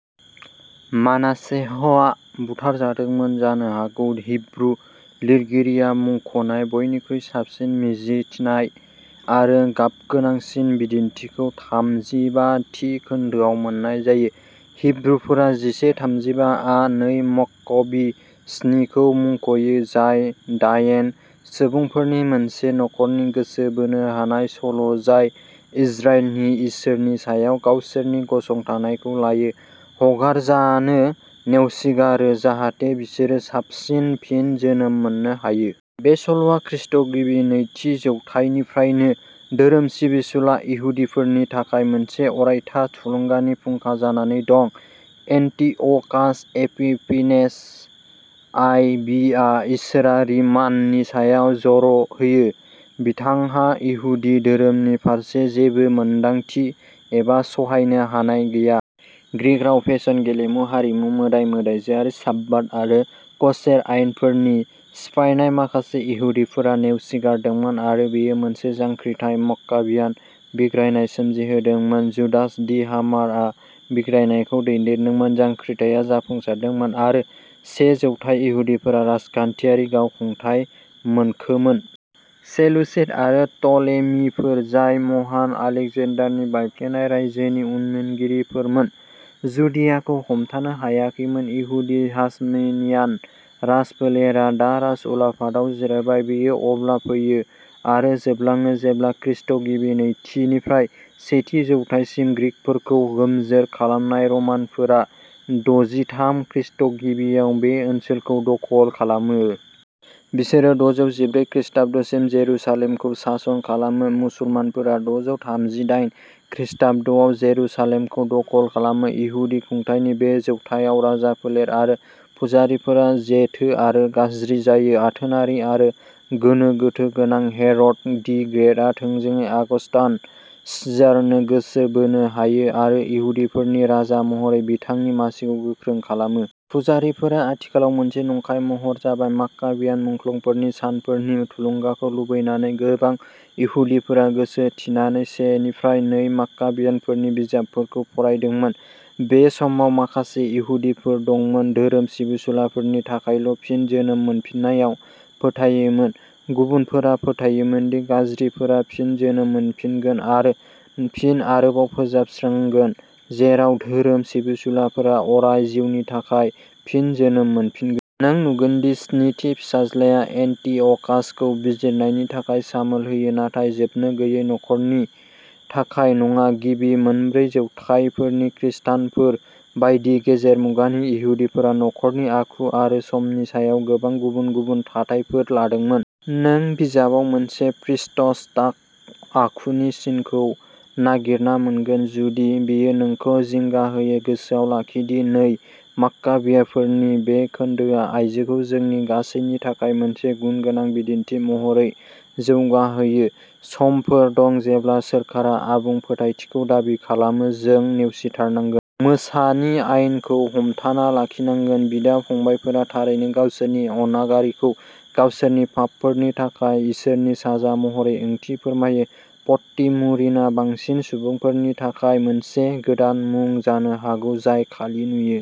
मानासे ह आ बुथारजादोंमोन। जानो हागौ हिब्रु लिरगिरिया मुंख'नाय बयनिख्रुइ साबसिन मिथिजानाय आरो गाबगोनांसिन बिदिन्थिखौ थामजिबा थि खोन्दोआव मोन्नाय जायो। हिब्रुफोरा जिसे थामजिबा आ नै मककबी स्नि खौ मुंख'यो, जाय दायेन सुबुंफोरनि मोनसे नखरनि गोसो बोनो हानाय सल जाय इजराइलनि इसोरनि सायाव गावसोरनि गसंथानायखौ लायो, हगारजानो नेवसिगारो जाहाथे बिसोरो साबसिन फिन जोनोम मोननो हायो। बे सल'आ खृष्टगिबि नैथि जौथायनिफ्रायनो धोरोम सिबिसुला इहुदिफोरनि थाखाय मोनसे अरायथा थुलुंगानि फुंखा जानानै दं। एन्टिअ'कास एपिफेनेस आइ भि आ इसोरारि माननि सायाव जर होयो। बिथांहा इहुदि धोरोमनि फारसे जेबो मोनदांथि एबा सहायनो हानाय गैया। ग्रीक राव, फेशन, गेलेमु, हारिमु, मोदाय-मोदायजोआरि। साब्बाथ आरो कसेर आयेनफोरनि सिफायनाय। माखासे इहुदिफोरा नेवसिगारदोंमोन आरो बेयो मोनसे जांख्रिथाय, मक्काबियान बिग्रायनाय, सोमजिहोदोंमोन। जुडास दि हामार आ बिग्रायनायखौ दैदेनदोंमोन। जांख्रिथाया जाफुंसारदोंमोन आरो से जौथाय इहुदिफोरा राजखान्थियारि गावखुंथाय मोनखोमोन। सेलुसिड आरो टलेमिफोर, जाय महान आलेकजेन्डारनि बायफ्लेनाय रायजोनि उनमोनगिरिफोरमोन, जुदियाखौ हमथानो हायाखैमोन। इहुदि हासमनियान राजाफोलेरा दा राजउलाफादाव जिरायबाय। बेयो अब्ला फैयो आरो जोबलाङो जेब्ला खृष्टगिबि नैथिनिफ्राय सेथि जौथायसिम ग्रीकफोरखौ गोमजोर खालामनाय रमानफोरा दजिथाम खृष्टगिबिआव बे ओनसोलखौ दखल खालामो। बिसोरो दजौ जिब्रै खृष्टाब्दसिम जेरुसालेमखौ सासन खालामो। मुसलमानफोरा दजौ थामजिदायेन खृष्टाब्दआव जेरुसालेमखौ दखल खालामो। इहुदि खुंथायनि बे जौथाइआव, राजाफोलेर आरो पुजारीफोरा जेथो आरो गाज्रि जायो। आथोनारि आरो गोनो गोथो गोनां हेर'ड दि ग्रेटआ थोंजोङै आगस्तास सिजारनो गोसो बोनो हायो आरो इहुदिफोरनि राजा महरै बिथांनि मासिखौ गोख्रों खालामो। पुजारीफोरा आथिखालाव मोनसे नंखाय महर जाबाय। मक्काबियान मुंख्लंफोरनि सानफोरनि थुलुंगाखौ लुबैनानै, गोबां इहुदिफोरा गोसो थिनानै से निफ्राय नै मक्काबीफोरनि बिजाबफोरखौ फरायदोंमोन। बे समाव माखासे इहुदिफोर दंमोन। धोरोम सिबिसुलाफोरनि थाखायल' फिन जोनोम मोनफिननायाव फोथायोमोन, गुबुनफोरा फोथायोमोन दि गाज्रिफोरा फिन जोनोम मोनफिनगोन आरो फिन अराव फोजोबस्रांजागोन, जेराव धोरोम सिबिसुलाफोरा अराय जिउनि थाखाय फिन जोनोम मोनफिनगोन। नों नुगोन दि स्निथि फिसाज्लाया एन्टिअकासखौ बिजिरनायनि थाखाय सामोल होयो, नाथाय जोबनो गैयै नरकनि थाखाय नङा। गिबि मोनब्रै जौथायफोरनि खृष्टानफोर बायदि गेजेर मुगानि इहुदिफोरा नरकनि आखु आरो समनि सायाव गोबां गुबुन गुबुन थाथायफोर लादोंमोन। नों बिजाबाव मोनसे पितृसत्ताक आखुनि सिनखौ नागिरना मोनगोन। जुदि बेयो नोंखौ जिंगा होयो, गोसोआव लाखि दि नै मक्काबीफोरनि बे खोनदोआ आयजोखौ जोंनि गासैनि थाखाय मोनसे गुनगोनां बिदिन्थि महरै जौगाहोयो। समफोर दं जेब्ला सोरखारा आबुं फोथायथिखौ दाबि खालामो जों नेवसिथारनांगोन। मोसानि आयेनखौ हमथाना लाखिनांगोन। बिदा-फंबायफोरा थारैनो गावसोरनि अनागारिखौ गावसोरनि पापफोरनि थाखाय इसोरनि साजा महरै ओंथि फोरमायो। पट्टि मुरिनआ बांसिन सुबुंफोरनि थाखाय मोनसे गोदान मुं जानो हागौ जाय खालि नुयो।